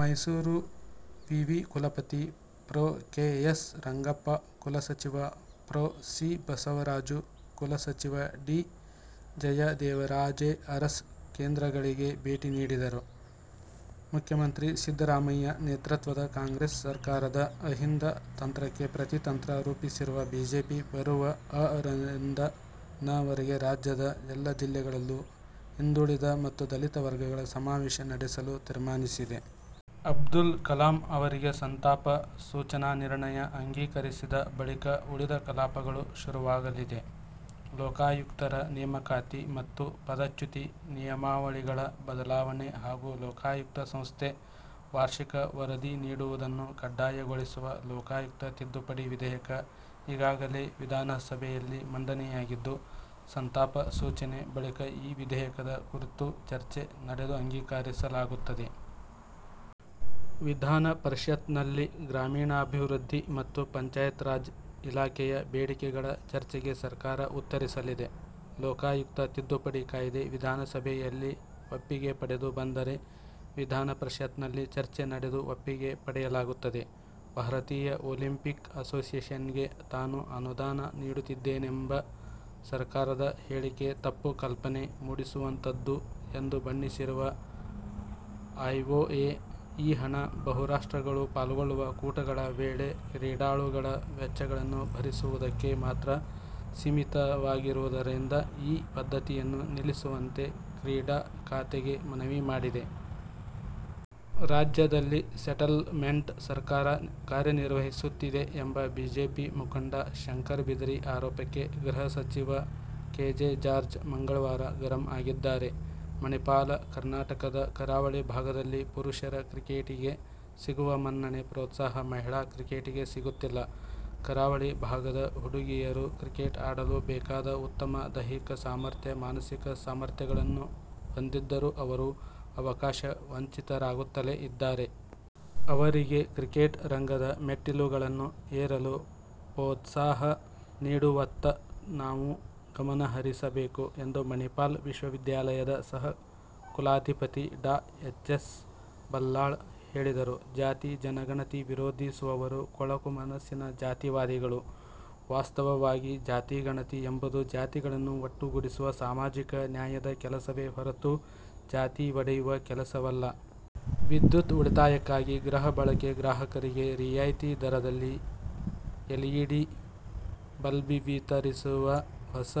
ಮೈಸೂರು ವಿವಿ ಕುಲಪತಿ pro. K. S. Rangappa, ಕುಲಸಚಿವ ಪ್ರೊ. ಸಿ. ಬಸವರಾಜು, ಕುಲಸಚಿವ ಡಿ. ಜಯದೇವರಾಜೇ ಅರಸ್ ಕೇಂದ್ರಗಳಿಗೆ ಭೇಟಿ ನೀಡಿದರು. ಮುಖ್ಯಮಂತ್ರಿ ಸಿದ್ದರಾಮಯ್ಯ ನೇತೃತ್ವದ ಕಾಂಗ್ರೆಸ್ ಸರ್ಕಾರದ ಅಹಿಂದ ತಂತ್ರಕ್ಕೆ ಪ್ರತಿತಂತ್ರ ರೂಪಿಸಿರುವ ಬಿಜೆಪಿ, ಬರುವ ಅ. ರಿಂದ ನ. ರವರೆಗೆ ರಾಜ್ಯದ ಎಲ್ಲ ಜಿಲ್ಲೆಗಳಲ್ಲೂ ಹಿಂದುಳಿದ ಮತ್ತು ದಲಿತ ವರ್ಗಗಳ ಸಮಾವೇಶ ನಡೆಸಲು ತೀರ್ಮಾನಿಸಿದೆ. ಅಬ್ದುಲ್ ಕಲಾಂ ಅವರಿಗೆ ಸಂತಾಪ ಸೂಚನಾ ನಿರ್ಣಯ ಅಂಗೀಕರಿಸಿದ ಬಳಿಕ ಉಳಿದ ಕಲಾಪಗಳು ಶುರುವಾಗಲಿದೆ. ಲೋಕಾಯುಕ್ತರ ನೇಮಕಾತಿ ಮತ್ತು ಪದಚ್ಯುತಿ ನಿಯಮಾವಳಿಗಳ ಬದಲಾವಣೆ ಹಾಗೂ ಲೋಕಾಯುಕ್ತ ಸಂಸ್ಥೆ ವಾರ್ಷಿಕ ವರದಿ ನೀಡುವುದನ್ನು ಕಡ್ಡಾಯಗೊಳಿಸುವ ಲೋಕಾಯುಕ್ತ ತಿದ್ದುಪಡಿ ವಿಧೇಯಕ ಈಗಾಗಲೇ ವಿಧಾನಸಭೆಯಲ್ಲಿ ಮಂಡನೆಯಾಗಿದ್ದು, ಸಂತಾಪ ಸೂಚನೆ ಬಳಿಕ ಈ ವಿಧೇಯಕದ ಕುರಿತು ಚರ್ಚೆ ನಡೆದು ಅಂಗೀಕರಿಸಲಾಗುತ್ತದೆ. ವಿಧಾನ ಪರಿಷತ್ತಿನಲ್ಲಿ ಗ್ರಾಮೀಣಾಭಿವೃದ್ಧಿ ಮತ್ತು ಪಂಚಾಯತ್ರಾಜ್ ಇಲಾಖೆಯ ಬೇಡಿಕೆಗಳ ಚರ್ಚೆಗೆ ಸರ್ಕಾರ ಉತ್ತರಿಸಲಿದೆ. ಲೋಕಾಯುಕ್ತ ತಿದ್ದುಪಡಿ ಕಾಯ್ದೆ ವಿಧಾನಸಭೆಯಲ್ಲಿ ಒಪ್ಪಿಗೆ ಪಡೆದು ಬಂದರೆ ವಿಧಾನ ಪರಿಷತ್ತಿನಲ್ಲಿ ಚರ್ಚೆ ನಡೆದು ಒಪ್ಪಿಗೆ ಪಡೆಯಲಾಗುತ್ತದೆ. ಭಾರತೀಯ ಒಲಿಂಪಿಕ್ ಎಸೋಸಿಯೇಶನ್ಗೆ ತಾನು ಅನುದಾನ ನೀಡುತ್ತಿದ್ದೇನೆಂಬ ಸರಕಾರದ ಹೇಳಿಕೆ ತಪ್ಪು ಕಲ್ಪನೆ ಮೂಡಿಸುವಂಥದ್ದುಎಂದು ಬಣ್ಣಿಸಿರುವ ಐಒಎ, ಈ ಹಣ ಬಹುರಾಷ್ಟ್ರಗಳು ಪಾಲ್ಗೊಳ್ಳುವ ಕೂಟಗಳ ವೇಳೆ ಕ್ರೀಡಾಳುಗಳ ವೆಚ್ಚಗಳನ್ನು ಭರಿಸುವುದಕ್ಕೆ ಮಾತ್ರ ಸೀಮಿತವಾಗಿರುವುದರಿಂದ ಈ ಪದ್ಧತಿಯನ್ನು ನಿಲ್ಲಿಸುವಂತೆ ಕ್ರೀಡಾ ಖಾತೆಗೆ ಮನವಿ ಮಾಡಿದೆ. ರಾಜ್ಯದಲ್ಲಿ ಸೆಟಲ್ ಮೆಂಟ್ ಸರ್ಕಾರ ಕಾರ್ಯನಿರ್ವಹಿಸುತ್ತಿದೆ ಎಂಬ ಬಿಜೆಪಿ ಮುಖಂಡ ಶಂಕರ ಬಿದರಿ ಆರೋಪಕ್ಕೆ ಗೃಹಸಚಿವ ಕೆ. ಜೆ. ಜಾರ್ಜ್ ಮಂಗಳವಾರ ಗರಂ ಆಗಿದ್ದಾರೆ. ಮಣಿಪಾಲ ಕರ್ನಾಟಕದ ಕರಾವಳಿ ಭಾಗದಲ್ಲಿ ಪುರುಷರ ಕ್ರಿಕೆಟಿಗೆ ಸಿಗುವ ಮನ್ನಣೆ, ಪ್ರೋತ್ಸಾಹ ಮಹಿಳಾ ಕ್ರಿಕೆಟಿಗೆ ಸಿಗುತ್ತಿಲ್ಲ. ಕರಾವಳಿ ಭಾಗದ ಹುಡುಗಿಯರು ಕ್ರಿಕೆಟ್ಆಡಲು ಬೇಕಾದ ಉತ್ತಮ ದೈಹಿಕ ಸಾಮರ್ಥ್ಯ, ಮಾನಸಿಕ ಸಾಮರ್ಥ್ಯಗಳನ್ನು ಹೊಂದಿದ್ದರೂ ಅವರು ಅವಕಾಶ ವಂಚಿತರಾಗುತ್ತಲೇ ಇದ್ದಾರೆ. ಅವರಿಗೆ ಕ್ರಿಕೆಟ್ ರಂಗದ ಮೆಟ್ಟಿಲುಗಳನ್ನು ಏರಲು ಪೋ›ತ್ಸಾಹ ನೀಡುವತ್ತ ನಾವು ಗಮನಹರಿಸಬೇಕು ಎಂದು ಮಣಿಪಾಲ ವಿಶ್ವವಿದ್ಯಾಲಯದ ಸಹ ಕುಲಾಧಿಪತಿ ಡಾ ಎಚ್. ಎಸ್. ಬಲ್ಲಾಳ್ ಹೇಳಿದರು. "ಜಾತಿ ಜನಗಣತಿ ವಿರೋಧಿಸುವವರು ಕೊಳಕು ಮನಸ್ಸಿನ ಜಾತಿವಾದಿಗಳು. ವಾಸ್ತವವಾಗಿ ಜಾತಿ ಗಣತಿ ಎಂಬುದು ಜಾತಿಗಳನ್ನು ಒಟ್ಟುಗೂಡಿಸುವ ಸಾಮಾಜಿಕ ನ್ಯಾಯದ ಕೆಲಸವೇ ಹೊರತು ಜಾತಿ ಒಡೆಯುವ ಕೆಲಸವಲ್ಲ. ವಿದ್ಯುತ್ ಉಳಿತಾಯಕ್ಕಾಗಿ ಗೃಹ ಬಳಕೆ ಗ್ರಾಹಕರಿಗೆ ರಿಯಾಯಿತಿ ದರದಲ್ಲಿ ಎಲ್ಇಡಿ ಬಲ್ಬ್ವಿ ತರಿಸುವ 'ಹೊಸ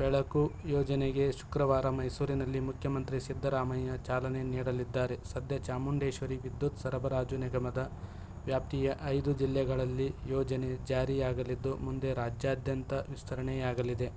ಬೆಳಕು' ಯೋಜನೆಗೆ ಶುಕ್ರವಾರ ಮೈಸೂರಿನಲ್ಲಿ ಮುಖ್ಯಮಂತ್ರಿ ಸಿದ್ದರಾಮಯ್ಯ ಚಾಲನೆ ನೀಡಲಿದ್ದಾರೆ. ಸದ್ಯ ಚಾಮುಂಡೇಶ್ವರಿ ವಿದ್ಯುತ್ ಸರಬರಾಜು ನಿಗಮ ದ ವ್ಯಾಪ್ತಿಯ ಐದು ಜಿಲ್ಲೆಗಳಲ್ಲಿ ಯೋಜನೆ ಜಾರಿಯಾಗಲಿದ್ದು, ಮುಂದೆ ರಾಜ್ಯಾದ್ಯಂತ ವಿಸ್ತರಣೆಯಾಗಲಿದೆ.